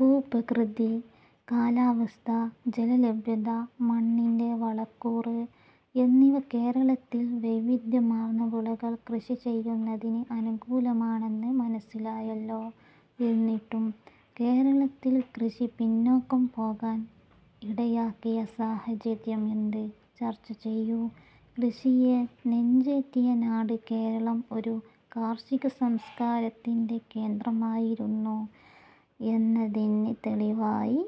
ഭൂപ്രകൃതി, കാലാവസ്ഥ, ജലലഭ്യത, മണ്ണിന്റെ വളക്കൂറ് എന്നിവ കേരളത്തിൽ വൈവിധ്യമാർന്ന വിളകൾ കൃഷി ചെയ്യുന്നതിന് അനുകൂലമാണെന്ന് മനസ്സിലായല്ലോ? എന്നിട്ടും കേരളത്തിൽ കൃഷി പിന്നാക്കം പോകാൻ ഇടയാക്കിയ സാഹചര്യം എന്ത്? ചർച്ച ചെയ്യൂ. കൃഷിയെ നെഞ്ചേറ്റിയ നാട് കേരളം ഒരു കാർഷികസംസ്കാരത്തിന്റെ കേന്ദ്രമായിരുന്നു എന്നതിന് തെളിവായി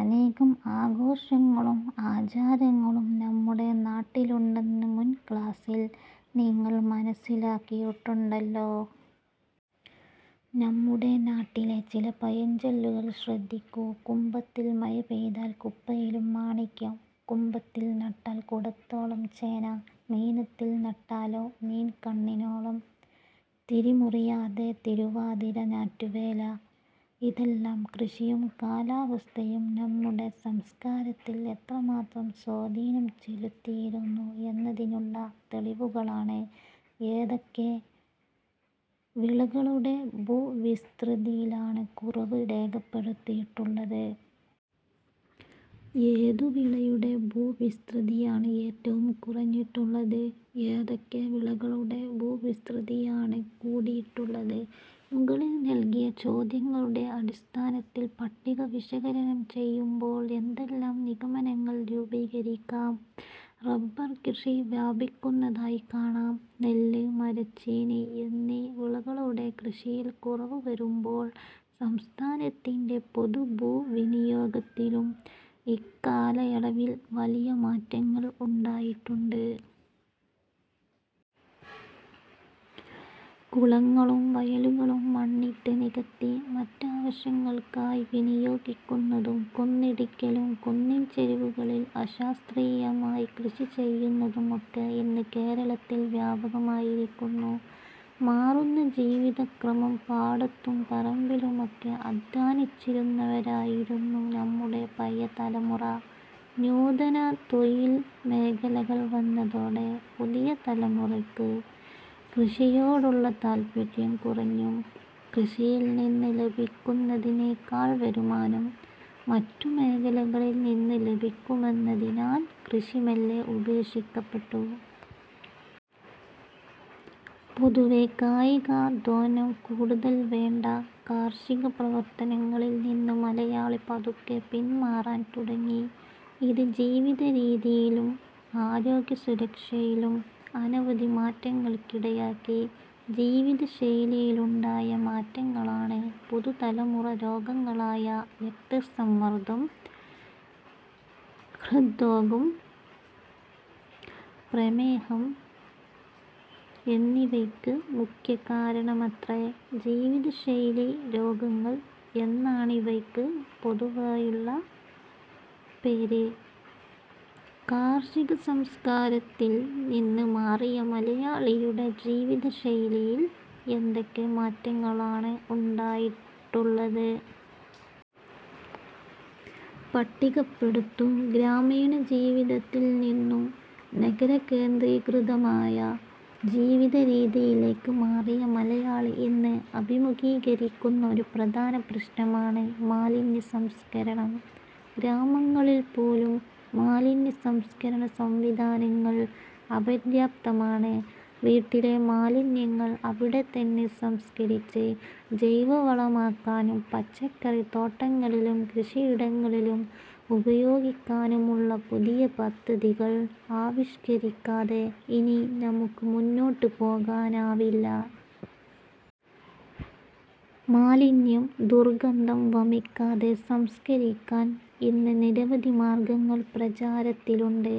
അനേകം ആഘോഷങ്ങളും ആചാരങ്ങളും നമ്മുടെ നാട്ടിലുണ്ടെന്ന് മുൻ ക്ലാസ്സിൽ നിങ്ങൾ മനസിലാക്കിയിട്ടുണ്ടല്ലോ. നമ്മുടെ നാട്ടിലെ ചില പഴഞ്ചൊല്ലുകൾ ശ്രദ്ധിക്കൂ. ""കുംഭത്തിൽ മഴ പെയ്താൽ കുപ്പയിലും മാണിക്യം', 'കുംഭത്തിൽ നട്ടാൽ കുടത്തോളം ചേന', ""മീനത്തിൽ നട്ടാലോ മീൻ കണ്ണിനോളം', 'തിരിമുറിയാതെ തിരുവാതിര ഞാറ്റുവേല... ' ഇതെല്ലാം കൃഷിയും കാലാവസ്ഥയും നമ്മുടെ സംസ്കാരത്തിൽ എത്രമാത്രം സ്വാധീനം ചെലുത്തിയിരുന്നു എന്നതിനുള്ള തെളിവുകളാണ്. ഏതൊക്കെ വിളകളുടെ ഭൂവിസ്തൃതിയിലാണ് കുറവ് രേഖപ്പെടുത്തിയിട്ടുള്ളത്? ഏതു വിളയുടെ ഭൂവിസ്തൃതിയാണ് ഏറ്റവും കുറഞ്ഞിട്ടുള്ളത്? ഏതൊക്കെ വിളകളുടെ ഭൂവിസ്തൃതിയാണ് കൂടിയിട്ടുള്ളത്? മുകളിൽ നൽകിയ ചോദ്യങ്ങളുടെ അടിസ്ഥാനത്തിൽ പട്ടിക വിശകലനം ചെയ്യുമ്പോൾ എന്തെല്ലാം നിഗമനങ്ങൾ രൂപീകരിക്കാം? റബർകൃഷി വ്യാപിക്കുന്നതായി കാണാം. നെല്ല്, മരച്ചീനി എന്നീ വിളകളുടെ കൃഷിയിൽ കുറവ് വരുമ്പോൾ സംസ്ഥാനത്തിന്റെ പൊതുഭൂവിനിയോഗത്തിലും ഇക്കാലയളവിൽ വലിയ മാറ്റങ്ങൾ ഉണ്ടായിട്ടുണ്ട്. കുളങ്ങളും വയലുകളും മണ്ണിട്ട് നികത്തി മറ്റാവശ്യങ്ങൾക്കായി വിനിയോഗിക്കുന്നതും കുന്നിടിക്കലും കുന്നിൻചരിവുകളിൽ അശാസ്ത്രീയമായി കൃഷി ചെയ്യുന്നതുമൊക്കെ ഇന്ന് കേരളത്തിൽ വ്യാപകമായിരിക്കുന്നു. മാറുന്ന ജീവിതക്രമം പാടത്തും പറമ്പിലുമൊക്കെ അദ്ധ്വാനിച്ചിരുന്നവരായിരുന്നു നമ്മുടെ പഴയ തലമുറ. നൂതന തൊഴിൽ മേഖലകൾ വന്നതോടെ പുതിയ തലമുറയ്ക്ക് കൃഷിയോടുള്ള താത്പര്യം കുറഞ്ഞു. കൃഷിയിൽ നിന്നു ലഭിക്കുന്നതിനേക്കാൾ വരുമാനം മറ്റു മേഖലകളിൽ നിന്നു ലഭിക്കുമെന്നതിനാൽ കൃഷി മെല്ലെ ഉപേക്ഷിക്കപ്പെട്ടു. പൊതുവെ കായികാധ്വാനം കൂടുതൽ വേണ്ട കാർഷിക പ്രവർത്തനങ്ങളിൽ നിന്ന് മലയാളി പതുക്കെ പിൻമാറാൻ തുടങ്ങി. ഇത് ജീവിതരീതിയിലും ആരോഗ്യസുരക്ഷയിലും അനവധി മാറ്റങ്ങൾക്കിടയാക്കി. ജീവിതശൈലിയിലുണ്ടായ മാറ്റങ്ങളാണ് പുതുതലമുറരോഗങ്ങളായ രക്തസമ്മർദ്ദം, ഹൃദ്രോഗം, പ്രമേഹം എന്നിവയ്ക്ക് മുഖ്യ കാരണമത്രേ. ജീവിതശൈലീ രോഗങ്ങൾ എന്നാണിവയ്ക്ക് പൊതുവെയുള്ള പേര്. കാർഷികസംസ്കാരത്തിൽ നിന്ന് മാറിയ മലയാളിയുടെ ജീവിത ശൈലിയിൽ എന്തൊക്കെ മാറ്റങ്ങളാണ് ഉണ്ടായിട്ടുള്ളത്? പട്ടികപ്പെടുത്തു. ഗ്രാമീണ ജീവിതത്തിൽ നിന്നു നഗരകേന്ദ്രീകൃതമായ ജീവിതരീതിയിലേക്ക് മാറിയ മലയാളി ഇന്ന് അഭിമുഖീകരിക്കുന്ന ഒരു പ്രധാന പ്രശ്നമാണ് മാലിന്യസംസ്കരണം. ഗ്രാമങ്ങളിൽ പോലും മാലിന്യ സംസ്കരണസംവിധാനങ്ങൾ അപര്യാപ്തമാണ്. വീട്ടിലെ മാലിന്യങ്ങൾ അവിടെത്തന്നെ സംസ്കരിച്ച് ജൈവവളമാക്കാനും പച്ചക്കറിത്തോട്ടങ്ങളിലും കൃഷിയിടങ്ങളിലും ഉപയോഗിക്കാനുമുള്ള പുതിയ പദ്ധതികൾ ആവിഷ്ക്കരിക്കാതെ ഇനി നമുക്ക് മുന്നോട്ടു പോകാനാവില്ല. മാലിന്യം ദുർഗന്ധം വമിക്കാതെ സംസ്കരിക്കാൻ ഇന്ന് നിരവധി മാർഗ്ഗങ്ങൾ പ്രചാരത്തിലുണ്ട്.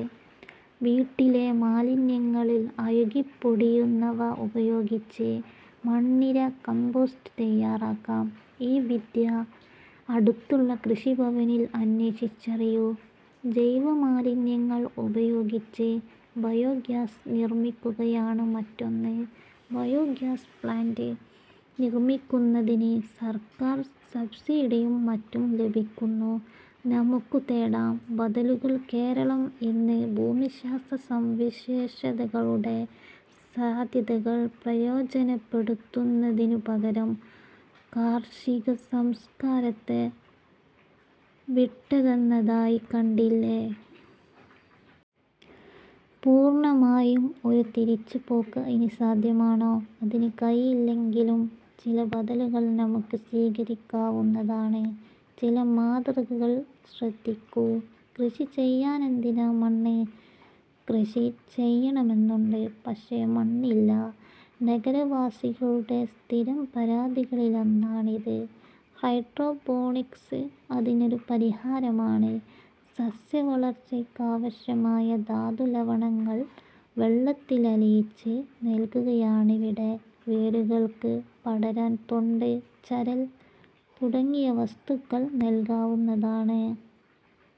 വീട്ടിലെ മാലിന്യങ്ങളിൽ അഴുകിപ്പൊടിയുന്നവ ഉപയോഗിച്ച് മണ്ണിര കമ്പോസ്റ്റ് തയ്യാറാക്കാം. ഈ വിദ്യ അടുത്തുള്ള കൃഷിഭവനിൽ അന്വേഷിച്ചറിയൂ. ജൈവമാലിന്യങ്ങൾ ഉപയോഗിച്ച് ബയോഗ്യാസ് നിർമ്മിക്കുകയാണ് മറ്റൊന്ന്. ബയോഗ്യാസ് പ്ലാന്റ് നിർമ്മിക്കുന്നതിന് സർക്കാർ സബ്സിഡിയും മറ്റും ലഭിക്കുന്നു. നമുക്കുതേടാം ബദലുകൾ കേരളം ഇന്ന് ഭൂമിശാസ്ത്ര സവിശേഷതകളുടെ സാധ്യതകൾ പ്രയോജനപ്പെടുത്തുന്നതിനു പകരം കാർഷിക സംസ്കാരത്തെ വിട്ടകന്നതായി കണ്ടില്ലേ? പൂർണമായും ഒരു തിരിച്ചുപോക്ക് ഇനി സാധ്യമാണോ? അതിനുകഴിയില്ലെങ്കിലും ചില ബദലുകൾ നമുക്ക് സ്വീകരിക്കാവുന്നതാണ്. ചില മാതൃകകൾ ശ്രദ്ധിക്കൂ. കൃഷി ചെയ്യാനെന്തിനാ മണ്ണ് കൃഷി ചെയ്യണമെന്നുണ്ട്, പക്ഷേ മണ്ണില്ല. നഗരവാസികളുടെ സ്ഥിരം പരാതികളിലൊന്നാണിത്. ഹൈഡ്രോ പോണിക്സ് അതിനൊരു പരിഹാരമാണ്. സസ്യവളർച്ചയ്ക്കാവശ്യമായ ധാതുലവണങ്ങൾ വെള്ളത്തിലലിയിച്ച് നൽകുകയാണിവിടെ. വേരുകൾക്ക് പടരാൻ തൊണ്ട്, ചരൽ തുടങ്ങിയ വസ്തു ക്കൾ നൽകാവുന്നതാണ്.